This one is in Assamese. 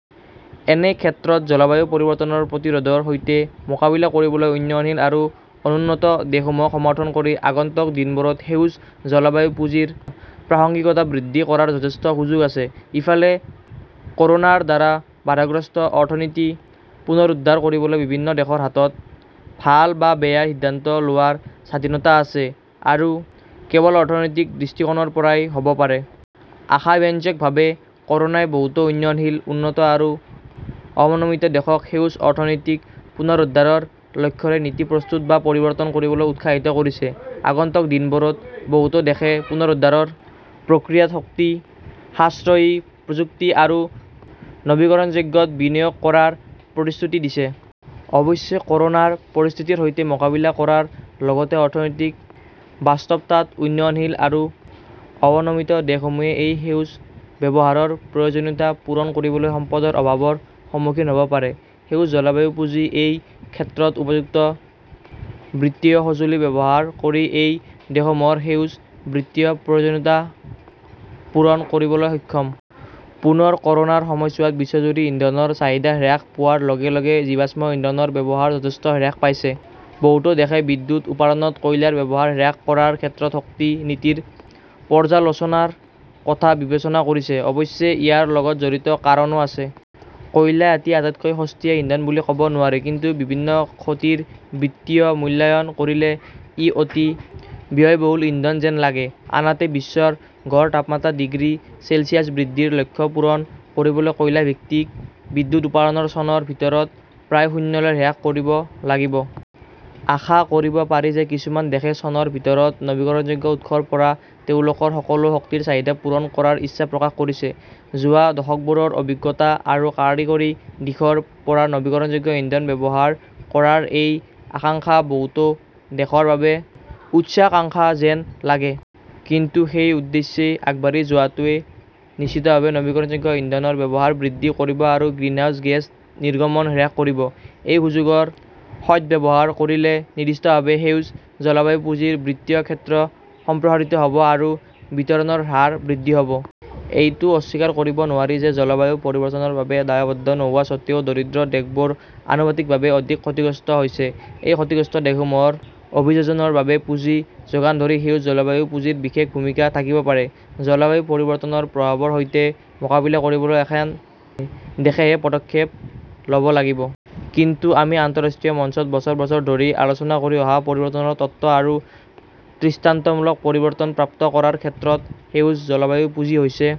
এনে ক্ষেত্ৰত জলবায়ু পৰিৱৰ্তনৰ প্ৰতিৰোধৰ সৈতে মোকাবিলা কৰিবলৈ উন্নয়নশীল আৰু অনুন্নত দেশসমূহক সমৰ্থন কৰি আগন্তুক দিনবোৰত সেউজ জলবায়ু পুঁজিৰ প্ৰাসংগিকতা বৃদ্ধি কৰাৰ যথেষ্ট সুযোগ আছে। ইফালে, ক "ৰোনাৰ দ্বাৰা বাধাগ্ৰস্ত অৰ্থনীতি পুনৰুদ্ধাৰ কৰিবলৈ বিভিন্ন দেশৰ হাতত ভাল বা বেয়া সিদ্ধান্ত লোৱাৰ স্বাধীনতা আছে আৰু কেৱল অৰ্থনৈতিক দৃষ্টিকোণৰ পৰাই হ" ব পাৰে। আশাব্যঞ্জকভাৱে, ক "ৰোনাই বহুতো উন্নয়নশীল, উন্নত আৰু অৱনমিত দেশক সেউজ অৰ্থনৈতিক পুনৰুদ্ধাৰৰ লক্ষ্যৰে নীতি প্ৰস্তুত বা পৰিৱৰ্তন কৰিবলৈ উৎসাহিত কৰিছে। আগন্তুক দিনবোৰত, বহুতো দেশে পুনৰুদ্ধাৰৰ প্ৰক্ৰিয়াত শক্তি-সাশ্ৰয়ী প্ৰযুক্তি আৰু নৱীকৰণযোগ্যত বিনিয়োগ কৰাৰ প্ৰতিশ্ৰুতি দিছে। অৱশ্যে, ক "ৰোনাৰ পৰিস্থিতিৰ সৈতে মোকাবিলা কৰাৰ লগতে অৰ্থনৈতিক বাস্তৱতাত, উন্নয়নশীল আৰু অৱনমিত দেশসমূহে এই সেউজ ব্যৱহাৰৰ প্ৰয়োজনীয়তা পূৰণ কৰিবলৈ সম্পদৰ অভাৱৰ সন্মুখীন হ" ব পাৰে। সেউজ জলবায়ু পুঁজি এই ক্ষেত্ৰত উপযুক্ত বিত্তীয় সঁজুলি ব্যৱহাৰ কৰি এই দেশসমূহৰ সেউজ বিত্তীয় প্ৰয়োজনীয়তা পূৰণ কৰিবলৈ সক্ষম। পুনৰ ক "ৰোনাৰ সময়ছোৱাত বিশ্বজুৰি ইন্ধনৰ চাহিদা হ্ৰাস পোৱাৰ লগে লগে জীৱাশ্ম ইন্ধনৰ ব্যৱহাৰ যথেষ্ট হ্ৰাস পাইছে। বহুতো দেশে বিদ্যুৎ উৎপাদনত কয়লাৰ ব্যৱহাৰ হ্ৰাস কৰাৰ ক্ষেত্ৰত শক্তি নীতিৰ পৰ্যালোচনাৰ কথা বিবেচনা কৰিছে। অৱশ্যে ইয়াৰ লগত জড়িত কাৰণো আছে। কয়লা এতিয়া আটাইতকৈ সস্তীয়া ইন্ধন বুলি ক "ব নোৱাৰি, কিন্তু বিভিন্ন ক্ষতিৰ বিত্তীয় মূল্যায়ন কৰিলে ই অতি ব্যয়বহুল ইন্ধন যেন লাগে। আনহাতে, বিশ্বৰ গড় তাপমাত্ৰা ডিগ্ৰী চেলছিয়াছ বৃদ্ধিৰ লক্ষ্য পূৰণ কৰিবলৈ কয়লা ভিত্তিক বিদ্যুৎ উৎপাদন চনৰ ভিতৰত প্ৰায় শূন্যলৈ হ্ৰাস কৰিব লাগিব। আশা কৰিব পাৰি যে কিছুমান দেশে চনৰ ভিতৰত নৱীকৰণযোগ্য উৎসৰ পৰা তেওঁলোকৰ সকলো শক্তিৰ চাহিদা পূৰণ কৰাৰ ইচ্ছা প্ৰকাশ কৰিছে। যোৱা দশকবোৰৰ অভিজ্ঞতা আৰু কাৰিকৰী দিশৰ পৰা নৱীকৰণযোগ্য ইন্ধন ব্যৱহাৰ কৰাৰ এই আকাংক্ষা বহুতো দেশৰ বাবে উচ্চাকাংক্ষা যেন লাগে। কিন্তু সেই উদ্দেশ্যে আগবাঢ়ি যোৱাটোৱে নিশ্চিতভাৱে নৱীকৰণযোগ্য ইন্ধনৰ ব্যৱহাৰ বৃদ্ধি কৰিব আৰু গ্ৰিনহাউজ গেছ নিৰ্গমন হ্ৰাস কৰিব। এই সুযোগৰ সদ্ব্যৱহাৰ কৰিলে নিৰ্দিষ্টভাৱে সেউজ জলবায়ু পুঁজিৰ বিত্তীয় ক্ষেত্ৰ সম্প্ৰসাৰিত হ "ব আৰু বিতৰণৰ হাৰ বৃদ্ধি হ" ব। এইটো অস্বীকাৰ কৰিব নোৱাৰি যে জলবায়ু পৰিৱৰ্তনৰ বাবে দায়বদ্ধ নোহোৱা স্বত্বেও দৰিদ্ৰ দেশবোৰ আনুপাতিকভাৱে অধিক ক্ষতিগ্ৰস্ত হৈছে। এই ক্ষতিগ্ৰস্ত দেশসমূহৰ অভিযোজনৰ বাবে পুঁজি যোগান ধৰি সেউজ জলবায়ু পুঁজিৰ বিশেষ ভূমিকা থাকিব পাৰে। জলবায়ু পৰিৱৰ্তনৰ প্ৰভাৱৰ সৈতে মোকাবিলা কৰিবলৈ এখন দেশেহে পদক্ষেপ ল "ব লাগিব। কিন্তু আমি আন্তঃৰাষ্ট্ৰীয় মঞ্চত বছৰ বছৰ ধৰি আলোচনা কৰি অহা পৰিৱৰ্তনৰ তত্ত্ব আৰু দৃষ্টান্তমূলক পৰিৱৰ্তন প্ৰাপ্ত কৰাৰ ক্ষেত্ৰত সেউজ জলবায়ু পুঁজি হৈছে